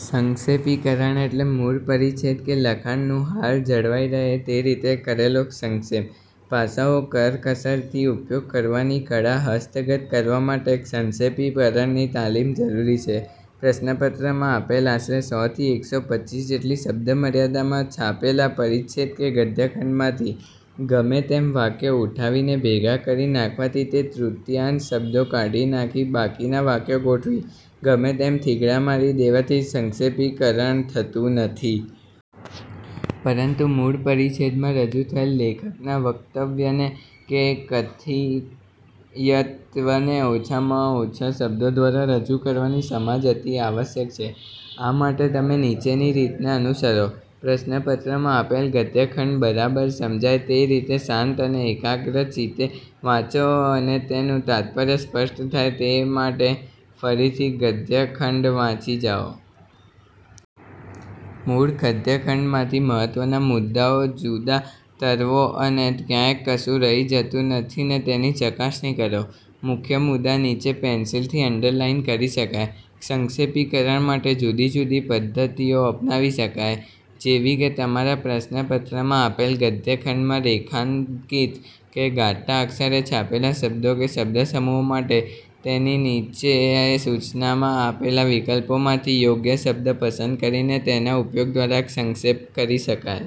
સંક્ષેપીકરણ એટલે મૂળ પરિચ્છેદ કે લખાણનું હાર્દ જળવાઈ રહે તે રીતે કરેલો સંક્ષેપ. ભાષાનો કરકસરથી ઉપયોગ કરવાની કળા હસ્તગત કરવા માટે સંક્ષેપીકરણની તાલીમ જરૂરી છે. પ્રશ્નપત્રમાં આપેલ આશરે સો થી એકસો પચીસ જેટલી શબ્દમર્યાદામાં છાપેલા પરિચ્છેદ કે ગદ્યખંડમાંથી ગમે તેમ વાક્યો ઉઠાવીને ભેગાં કરી નાખવાથી કે તે તૃતીયાંશ શબ્દો કાઢી નાખી બાકીના વાક્યો ગોઠવી, ગમે તેમ થીંગડા મારી દેવાથી સંક્ષેપીકરણ થતું નથી. પરંતુ મૂળ પરિચ્છેદમાં રજૂ થયેલ લેખકના વક્તવ્યને કે કથયિતવ્યને ઓછામાં ઓછા શબ્દો દ્વારા રજૂ કરવાની સમજ અતિ આવશ્યક છે. આ માટે તમે નીચેની રીતને અનુસરો: પ્રશ્નપત્રમાં આપેલ ગદ્યખંડ બરાબર સમજાય તે રીતે, શાંત અને એકાગ્રચિતે વાંચો અને તેનું તાત્પર્ય સ્પષ્ટ થાય તે માટે ફરીથી તે ગદ્યખંડ વાંચી જાઓ. મૂળ ગદ્યખંડમાંથી મહત્ત્વના મુદ્દાઓ જુદા તરવો અને ક્યાંય કશું રહી જતું નથીને તેની ચકાસણી કરો. મુખ્ય મુદા નીચે પેન્સિલથી અન્ડરલાઇન કરી શકાય. સંક્ષેપીકરણ માટે જુદી જુદી પદ્ધતિઓ અપનાવી શકાય. જેવી કે, તમારા પ્રશ્નપત્રમાં આપેલ ગદ્યખંડમાં રેખાંકિત કે ઘાટા અક્ષરે છાપેલા શબ્દો કે શબ્દસમૂહો માટે તેની નીચે સૂચનામાં આપેલા વિકલ્પોમાંથી યોગ્ય શબ્દ પસંદ કરીને તેના ઉપયોગ દ્વારા સંક્ષેપ કરી શકાય.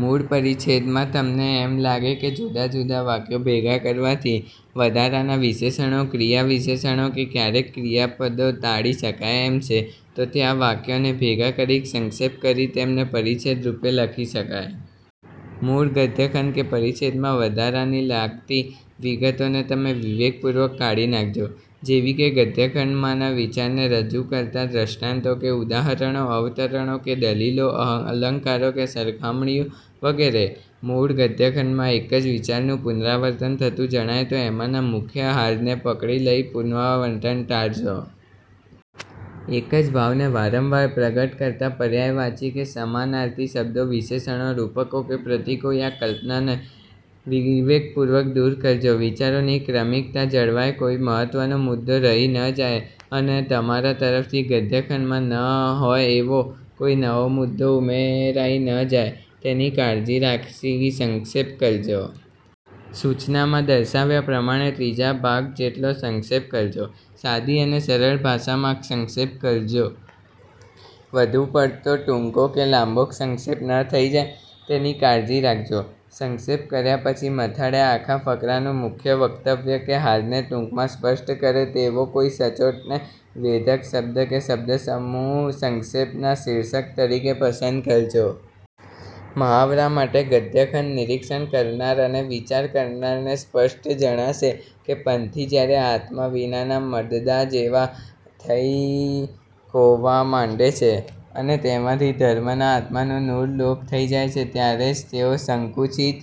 મૂળ પરિચ્છેદમાં તમને એમ લાગે કે જુદાજુદા વાક્યો ભેગા કરવાથી વધારાના વિશેષણો, ક્રિયા વિશેષણો કે કયારેક ક્રિયાપદો ટાળી શકાય. એમ છે, તો ત્યાં વાક્યોને ભેગા કરી સંક્ષેપ કરી તેમને પરિચ્છેદ રૂપે લખી શકાય. મૂળ ગદ્યખંડ કે પરિચ્છેદમાં વધારાની લાગતી વિગતોને તમે વિવેકપૂર્વક કાઢી નાખજો. જેવી કે ગદ્યખંડમાંના વિચારને રજૂ કરતા દૃષ્ટાંતો કે ઉદાહરણો, અવતરણો કે દલીલો, અલંકારો કે સરખામણીઓ વગેરે. મૂળ ગદ્યખંડમાં એક જ વિચારનું પુનરાવર્તન થતું જણાય તો એમાંના મુખ્ય હાર્દને પકડી લઈ પુનરાવર્તન ટાળજો. એક જ ભાવને વારંવાર પ્રગટ કરતાં પર્યાયવાચી કે સમાનાર્થી શબ્દો, વિશેષણો, રૂપકો કે પ્રતીકો યા કલ્પનોને વિવેકપૂર્વક દૂર કરજો. વિચારોની ક્રમિકતા જળવાય, કોઈ મહત્ત્વનો મુદ્દો રહી ન જાય અને તમારા તરફથી ગદ્યખંડમાં ન હોય એવો કોઈ નવો મુદ્દો ઉમેરાઈ ન જાય તેની કાળજી રાખી સંક્ષેપ કરજો. સૂચનામાં દર્શાવ્યા પ્રમાણે ત્રીજા ભાગ જેટલો સંક્ષેપ કરજો. સાદી અને સરળ ભાષામાં સંક્ષેપ કરજો. વધુ પડતો ટૂંકો કે લાંબો સંક્ષેપ ન થઈ જાય તેની કાળજી રાખજો. સંક્ષેપ કર્યા પછી મથાળે આખા ફકરાના મુખ્ય વક્તવ્ય કે હાર્દને ટૂંકમાં સ્પષ્ટ કરે તેવો કોઈ સચોટ ને વેધક શબ્દ કે શબ્દસમૂહ સંક્ષેપના શીર્ષક તરીકે પસંદ કરજો. મહાવરા માટે ગદ્યખંડ "નિરીક્ષણ કરનાર અને વિચાર કરનારને સ્પષ્ટ જણાશે કે પંથી જયારે આત્મા વિનાના મડદા જેવા થઈ કોહવા માંડે છે અને તેમાંથી ધર્મના આત્માનું નૂર લોપ થઈ જાય છે ત્યારે જ તેઓ સંકુચિત